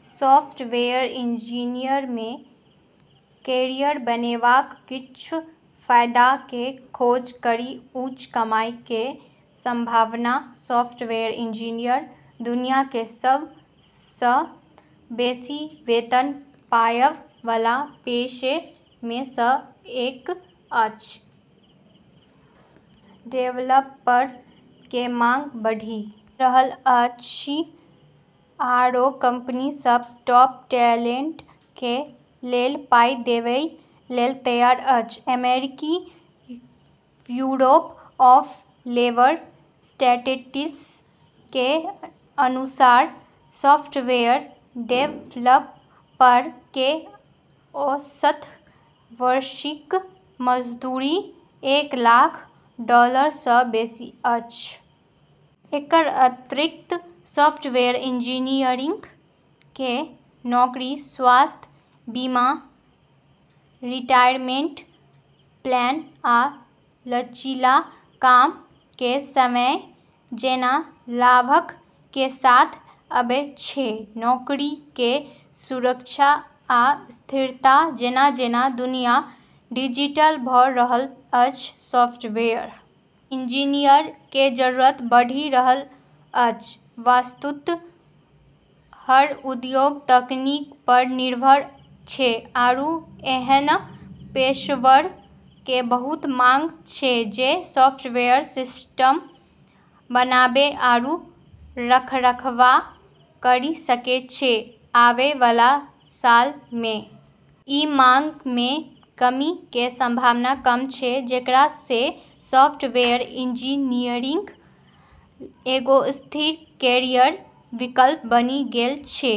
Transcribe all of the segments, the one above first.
Software engineering में career बनेबाक किछु फायदा के खोज करी, उच्च कमाई के संभावना सॉफ्टवेयर इंजीनियर दुनिया के सब सं बेसी वेतन पाबय वाला पेशे में सं एक अछि, डेवलपर के मांग बढ़ि रहल अछि आओर कंपनी सभ टॉप टैलेंट के लेल पाई देबय लेल तैयार अछि, अमेरिकी ब्यूरो ऑफ लेबर स्टेटिस्टिक्स के अनुसार सॉफ्टवेयर डेवलपर के औसत वार्षिक मजदूरी एक लाख डॉलर सं बेसी अछि, एकर अतिरिक्त सॉफ्टवेयर इंजीनियरिंग कें नौकरी स्वास्थ्य बीमा, रिटायरमेंट प्लान आ लचीला काम कें समय जैना लाभक कें साथ आबै छै, नौकरी के सुरक्षा आ स्थिरता जेना-जेना दुनिया डिजिटल भ रहल अछि, सॉफ्टवेयर इंजीनियर के जरूरत बढ़ि रहल अछि, वस्तुतः हर उद्योग तकनीक पर निर्भर छै आरू ऐन्हऽ पेशेवरऽ के बहुत मांग छै जे सॉफ्टवेयर सिस्टम बनाबै आरू रखरखाव करी सकै छै, आबै वाला सालऽ मे ई मांग मे कमी के संभावना कम छै जेकरा से सॉफ्टवेयर इंजीनियरिंग एगो स्थिर कैरियर विकल्प बनी गेलऽ छै,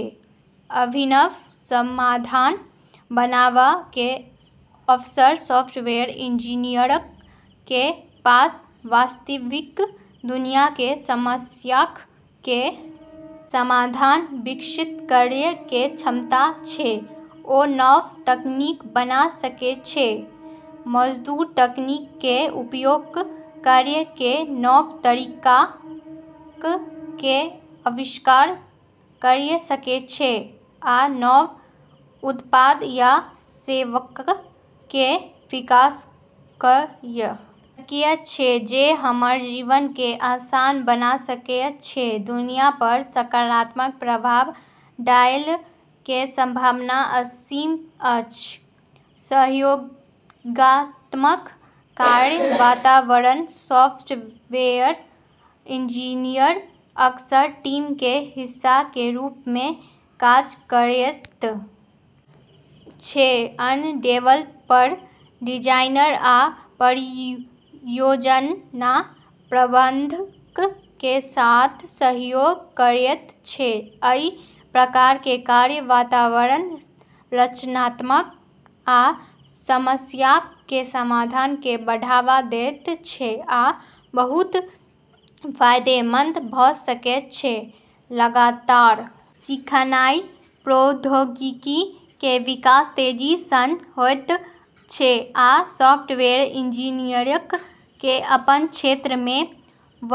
अभिनव समाधान बनावा कें अवसर सॉफ्टवेयर इंजीनियरक कें पास वास्तविक दुनिया कें समस्याक कें समाधान विकसित करय कें क्षमता छै, ओ नव तकनीक बना सकय छै, मौजूदा तकनीक कें उपयोग करय कें नव तरीकाक कें आविष्कार कयर सकय छै आ नव उत्पाद या सेवाक कें विकास कयर सकय छै जे हमर जीवन कें आसान बना सकय छै, दुनिया पर सकारात्मक प्रभाव डालय के संभावना असीम अछि, सहयोगात्मक कार्य वातावरण सॉफ्टवेयर इंजीनियर अक्सर टीम कें हिस्सा कें रूप मे काज करएयत छै अन्य डेवलपर, डिजाइनर आ परियोजना प्रबंधक कें साथ सहयोग करएयत छै, अइ प्रकार कें कार्य वातावरण रचनात्मकता आ समस्याक कें समाधान कें बढ़ावा देयत छै आ बहुत फायदेमंद भ सकय छै, लगातार सीखनाय प्रौद्योगिकी कें विकास तेजी सं होयत छै आ सॉफ्टवेयर इंजीनियरक कें अपन क्षेत्र मे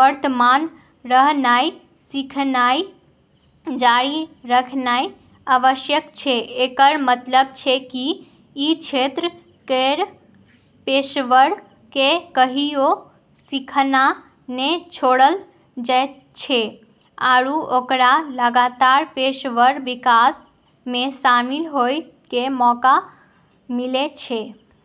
वर्तमान रहनाय सीखनाय जारी रखनाय आवश्यक छै, एकरऽ मतलब छै कि ई क्षेत्र केरऽ पेशेवरऽ के कहियो सीखना नै छोड़लऽ जाय छै आरू ओकरा लगातार पेशेवर विकास मे शामिल होय के मौका मिलै छै।